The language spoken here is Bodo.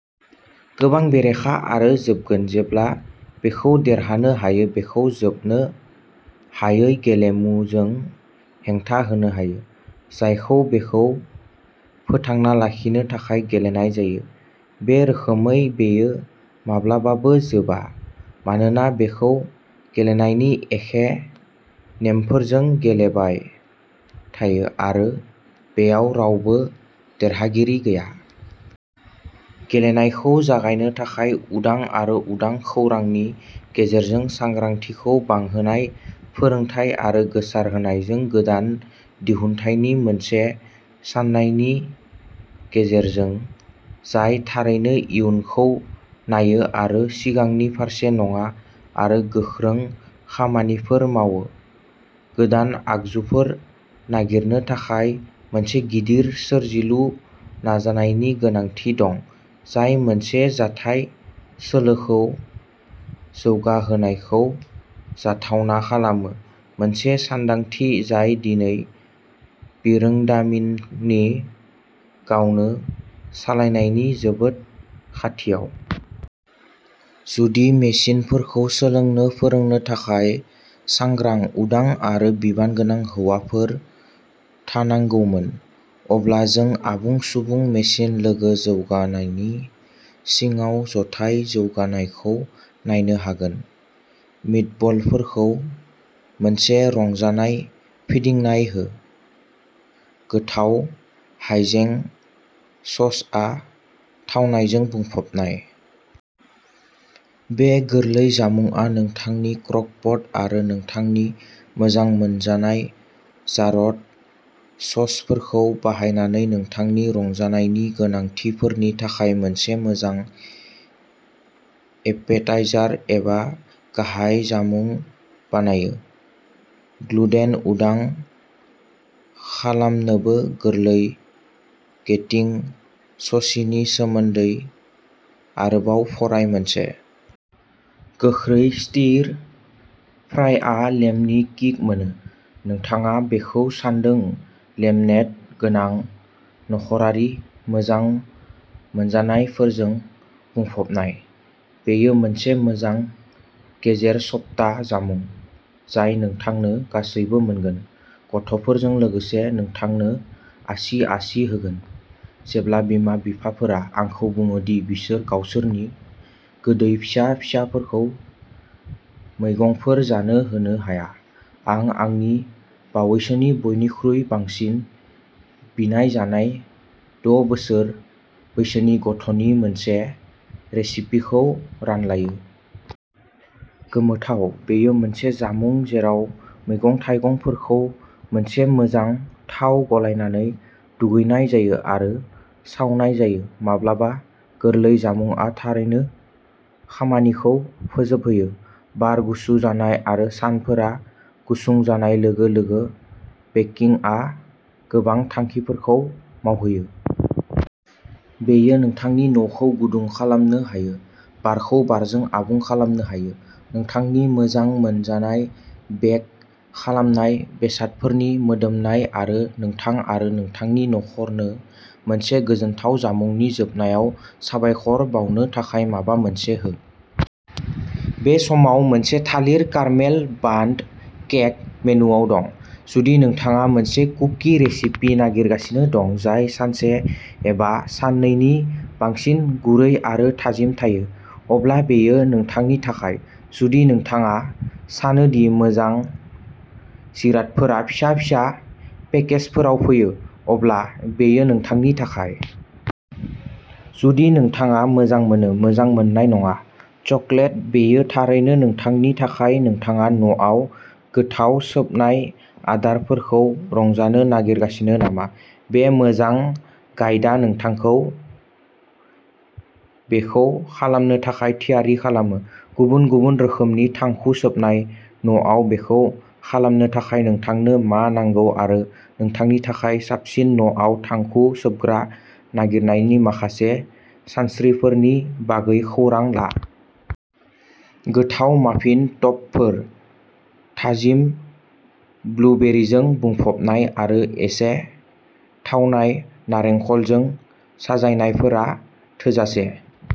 गोबां बेरेखा आरो जोबगोन जेब्ला बेखौ देरहानो हायो बेखौ जोबनो हायै गेलेमुजों हेंथा होनो हायो, जायखौ बेखौ फोथांना लाखिनो थाखाय गेलेनाय जायो। बे रोखोमै बेयो माब्लाबाबो जोबा, मानोना बेखौ गेलेनायनि एखे नेमफोरजों गेलेबाय थायो आरो बेयाव रावबो देरहागिरि गैया। गेलेनायखौ जागायनो थाखाय, उदां आरो उदां खौरांनि गेजेरजों सांग्रांथिखौ बांहोनाय, फोरोंथाय आरो गोसारहोनायजों, गोदान दिहुनथायनि मोनसे साननायनि गेजेरजों जाय थारैनो इयुनखौ नायो आरो सिगांनि फारसे नङा आरो गोख्रों खामानिफोर मावो। गोदान आगजुफोर नागिरनो थाखाय मोनसे गिदिर सोरजिलु नाजानायनि गोनांथि दं, जाय मोनसे जथाय सोलोखौ जौगाहोनायखौ जाथावना खालामो, मोनसे सानदांथि जाय दिनै बिरोंदामिननि गावनो सालायनायनि जोबोद खाथियाव। जुदि मेसिनफोरखौ सोलोंनो फोरोंनो थाखाय सांग्रां, उदां आरो बिबानगोनां हौवाफोर थानांगौमोन, अब्ला जों आबुं सुबुं मेसिन लोगो जौगानायनि सिङाव जथाय जौगानायखौ नायनो हागोन। मिटबलफोरखौ मोनसे रंजानाय फिदिंनाय हो। गोथाव हाइजें ससआ थावनायजों बुंफबनाय। बे गोरलै जामुंआ नोंथांनि क्रकपट आरो नोंथांनि मोजां मोनजानाय जारद ससफोरखौ बाहायनानै नोंथांनि रंजानायनि गोनांथिफोरनि थाखाय मोनसे मोजां एपेटाइजार एबा गाहाय जामुं बानायो। ग्लुटेन उदां खालामनोबो गोरलै गेटिं स'सीनि सोमोन्दै आरोबाव फराय मोनसे गोख्रै स्टिर फ्रायआ लेमनि किक मोनो, नोंथाङा बेखौ सान्दों लेमनेड गोबां नखरारि मोजां मोनजानायफोरजों बुंफबनाय, बेयो मोनसे मोजां गेजेर सप्ता जामुं जाय नोंथांनो गासैबो मोनगोन, गथ'फोरजों लोगोसे, नोंथांनो आसि-आसि होगोन जेब्ला बिमा-बिफाफोरा आंखौ बुङो दि बिसोर गावसोरनि गोदै फिसा फिसाफोरखौ मैगंफोर जानो होनो हाया, आं आंनि बावैसोनि बयनिख्रुइ बांसिन बिनायजानाय द' बोसोर बैसोनि गथ'नि मोनसे रेसिपिखौ रानलायो। गोमोथाव बेयो मोनसे जामुं जेराव मैगं-थाइगंफोरखौ मोनसे मोजां थाव गलायनानै दुगैनाय जायो आरो सावनाय जायो। माब्लाबा गोरलै जामुंआ थारैनो खामानिखौ फोजोबहोयो। बार गुसु जानाय आरो सानफोरा गुसुं जानाय लोगो-लोगो, बेकिंआ गोबां थांखिफोरखौ मावहोयो। बेयो नोंथांनि न'खौ गुदुं खालामनो हायो, बारखौ बारजों आबुं खालामनो हायो। नोंथांनि मोजां मोनजानाय बेक खालामनाय बेसादफोरनि मोदोमनाय आरो नोंथां आरो नोंथांनि नख'रनो मोनसे गोजोनथाव जामुंनि जोबनायाव साबायखर बावनो थाखाय माबा मोनसे हो। बे समाव, मोनसे थालिर कारमेल बान्ड केक मेनुवाव दं। जुदि नोंथाङा मोनसे कुकि रेसिपि नागिरगासिनो दं जाय सानसे एबा साननैनि बांसिन गुरै आरो थाजिम थायो, अब्ला बेयो नोंथांनि थाखाय। जुदि नोंथाङा सानो दि मोजां जिरादफोरा फिसा-फिसा पेकेजफोराव फैयो, अब्ला बेयो नोंथांनि थाखाय। जुदि नोंथाङा मोजां मोनो, मोजां मोननाय नङा, चकलेट बेयो थारैनो नोंथांनि थाखाय नोंथाङा न'आव गोथाव सोबनाय आदारफोरखौ रंजानो नागिरगासिनो नामा? बे मोजां गाइदा नोंथांखौ बेखौ खालामनो थाखाय थियारि खालामो। गुबुन-गुबुन रोखोमनि थांखु सोबनाय, न'आव बेखौ खालामनो थाखाय नोंथांनो मा नांगौ आरो नोंथांनि थाखाय साबसिन न'आव थांखु सोबग्रा नागिरनायनि माखासे सानस्रिफोरनि बागै खौरां ला। गोथाव माफिन टपफोर, थाजिम ब्लुबेरिजों बुंफबनाय आरो एसे थावनाय नालेंखरजों साजायनायफोरा थोजासे।